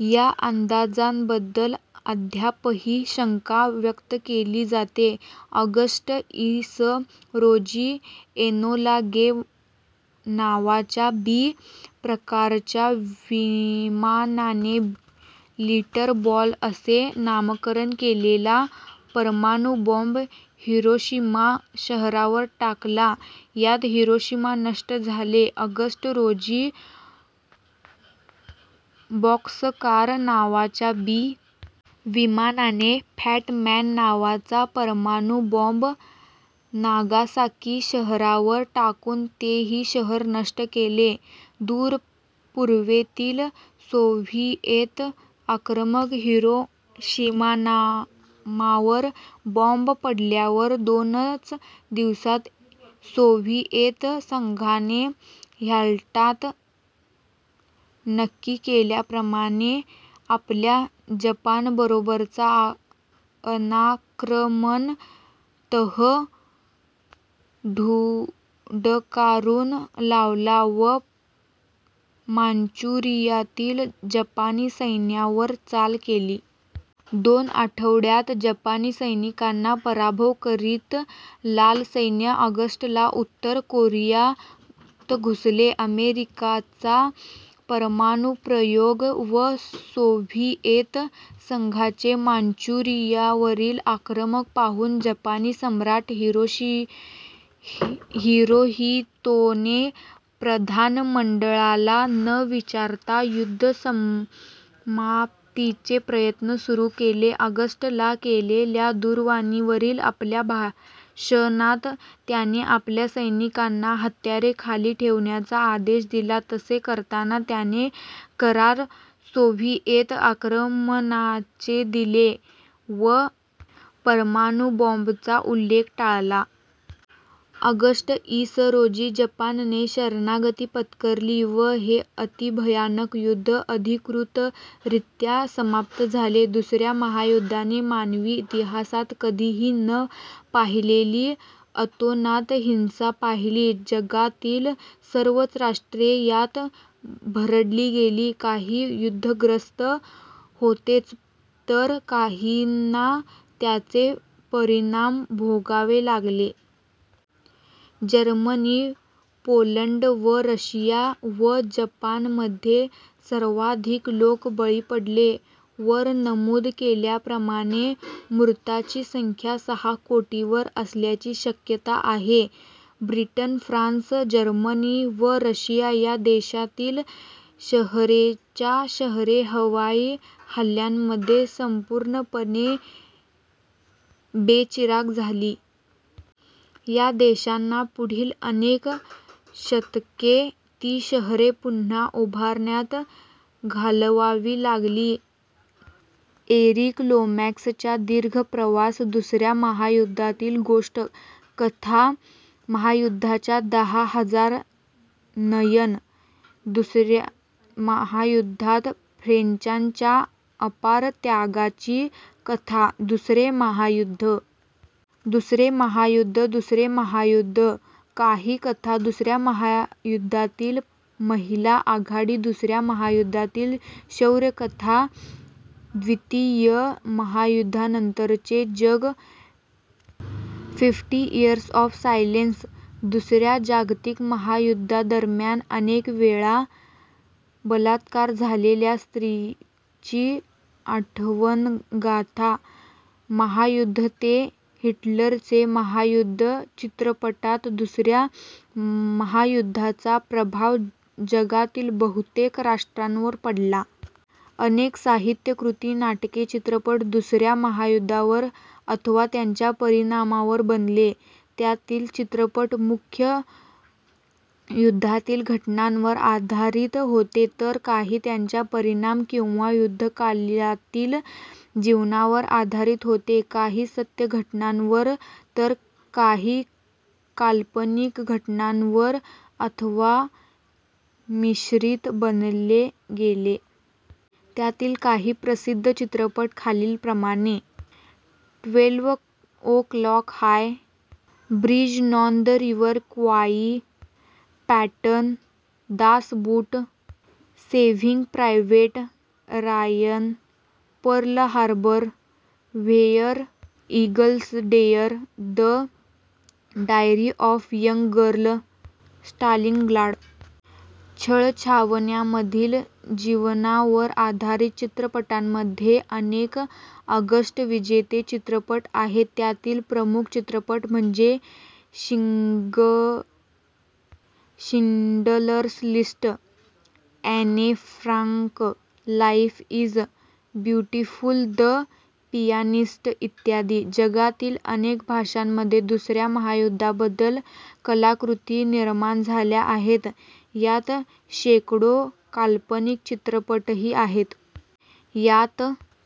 या अंदाजांबद्दल अद्यापही शंका व्यक्त केली जाते. ऑगस्ट, इ. स. रोजी एनोला गे नावाच्या बी. प्रकारच्या विमानाने लिटल बॉय असे नामकरण केलेला परमाणु बॉम्ब हिरोशिमा शहरावर टाकला. यात हिरोशिमा नष्ट झाले. ऑगस्ट रोजी बॉक्सकार नावाच्या बी. विमानाने फॅट मॅन नावाचा परमाणु बॉम्ब नागासाकी शहरावर टाकून तेही शहर नष्ट केले. दूरपूर्वेतील सोव्हिएत आक्रमण हिरोशिमावर बॉम्ब पडल्यावर दोनच दिवसात सोव्हिएत संघाने याल्टात नक्की केल्याप्रमाणे आपला जपानबरोबरचा अनाक्रमण तह धुडकावून लावला व मांचुरियातील जपानी सैन्यावर चाल केली. दोन आठवड्यात जपानी सैनिकांचा पराभव करीत लाल सैन्य ऑगस्ट ला उत्तर कोरियात घुसले. अमेरिकेचा परमाणुप्रयोग व सोव्हिएत संघाचे मांचुरियावरील आक्रमण पाहून जपानी सम्राट हिरोहितोने प्रधानमंडळाला न विचारता युद्धसमाप्तीचे प्रयत्न सुरू केले. ऑगस्ट ला केलेल्या दूरवाणीवरील आपल्या भाषणात त्याने आपल्या सैनिकांना हत्यारे खाली ठेवण्याचा आदेश दिला तसे करताना त्याने कारण सोव्हिएत आक्रमणाचे दिले व परमाणुबॉम्बचा उल्लेख टाळला. ऑगस्ट, इ. स. रोजी जपानने शरणागती पत्करली व हे अतिभयानक युद्ध अधिकृतरीत्या समाप्त झाले. दुसऱ्या महायुद्धाने मानवी इतिहासात कधीही न पाहिलेली अतोनात हिंसा पाहिली. जगातील सर्वच राष्ट्रे यात भरडली गेली. काही युद्धग्रस्त होतेच तर काहींना त्याचे परिणाम भोगावे लागले. जर्मनी, पोलंड व रशिया व जपानमध्ये सर्वाधिक लोक बळी पडले. वर नमूद केल्याप्रमाणे मृतांची संख्या सहा कोटीवर असण्याची शक्यता आहे. ब्रिटन, फ्रान्स, जर्मनी व रशिया या देशांतील शहरेच्या शहरे हवाई हल्यांमध्ये संपूर्णपणे बेचिराख झाली. या देशांना पुढील अनेक दशके ती शहरे पुन्हा उभारण्यात घालवावी लागली. एरिक लोमॅक्सच्या दीर्घ प्रवास: दुसऱ्या महायुद्धातील गोष्ट कथा महायुद्धाच्या दहा हजार नयन: दुसऱ्या महायुद्धात फ्रेंचांच्या अपार त्यागाची गाथा! दुसरे महायुद्ध दुसरे महायुद्ध दुसरे महायुद्ध: काही कथा दुसऱ्या महायुद्धातील महिला आघाडी दुसऱ्या महायुद्धातील शौर्यकथा द्वितीय महायुद्धानंतरचे जग फिफ्टी इअर्स ऑफ़ सायलेन्स: दुसऱ्या जागतिक महायुद्धादरम्यान अनेक वेळा बलात्कार झालेल्या स्त्रीची आठवणगाथा महायुद्ध ते हिटलरचे महायुद्ध चित्रपटात दुसऱ्या महायुद्धाचा प्रभाव जगातील बहुतेक राष्ट्रांवर पडला. अनेक साहित्य कृती, नाटके, चित्रपट दुसऱ्या महायुद्धावर अथवा त्यांच्या परिणामांवर बनले. त्यातील चित्रपट मुख्य युद्धातील घटनांवर आधारित होते तर काही त्याच्या परिणाम किंवा युद्धकालातील जीवनावर आधारित होते. काही सत्य घटनांवर तर काही काल्पनिक घटनांवर अथवा मिश्रित बनवले गेले. त्यातील काही प्रसिद्ध चित्रपट खालील प्रमाणे. Twelve o'clock high, bridge on the river Kwai, Patton, Das Boot, saving private Ryan, Pearl Harbor, where eagles dare, the diary of young girl, Stalingrad. छळछावण्यामधील जीवनावर आधारीत चित्रपटांमध्ये अनेक ऑस्कर विजेते चित्रपट आहेत. त्यातील प्रमुख चित्रपट म्हणजे Schindler's list, Anne Frank, life is beautiful, the pianist इत्यादी. जगातील अनेक भाषांमध्ये दुसऱ्या महायुद्धाबद्दल कलाकृती निर्माण झाल्या आहेत. यात शेकडो काल्पनिक चित्रपटही आहेत. यात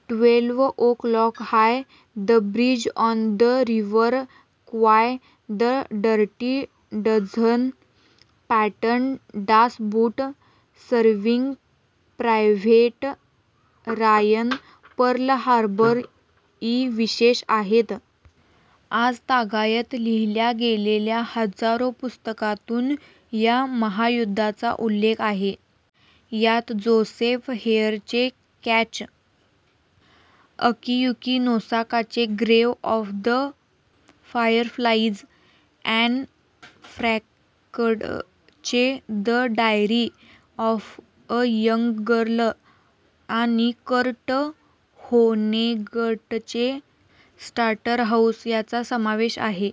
twelve o'clock high, the bridge on the river Kwai, the dirty dozen, Patton, Das Boot, saving private Ryan, Pearl Harbor इ. विशेष आहेत. आजतगायत लिहिल्या गेलेल्या हजारो पुस्तकांतून या महायुद्धाचा उल्लेख आहे. यात जोसेफ हेलरचे कॅच-, अकियुकि नोसाकाचे grave of the fireflies, Anne फ्रॅंकचे the diary of a young girl आणि कर्ट व्होनेगटचे स्लॉटरहाउस- यांचा समावेश आहे.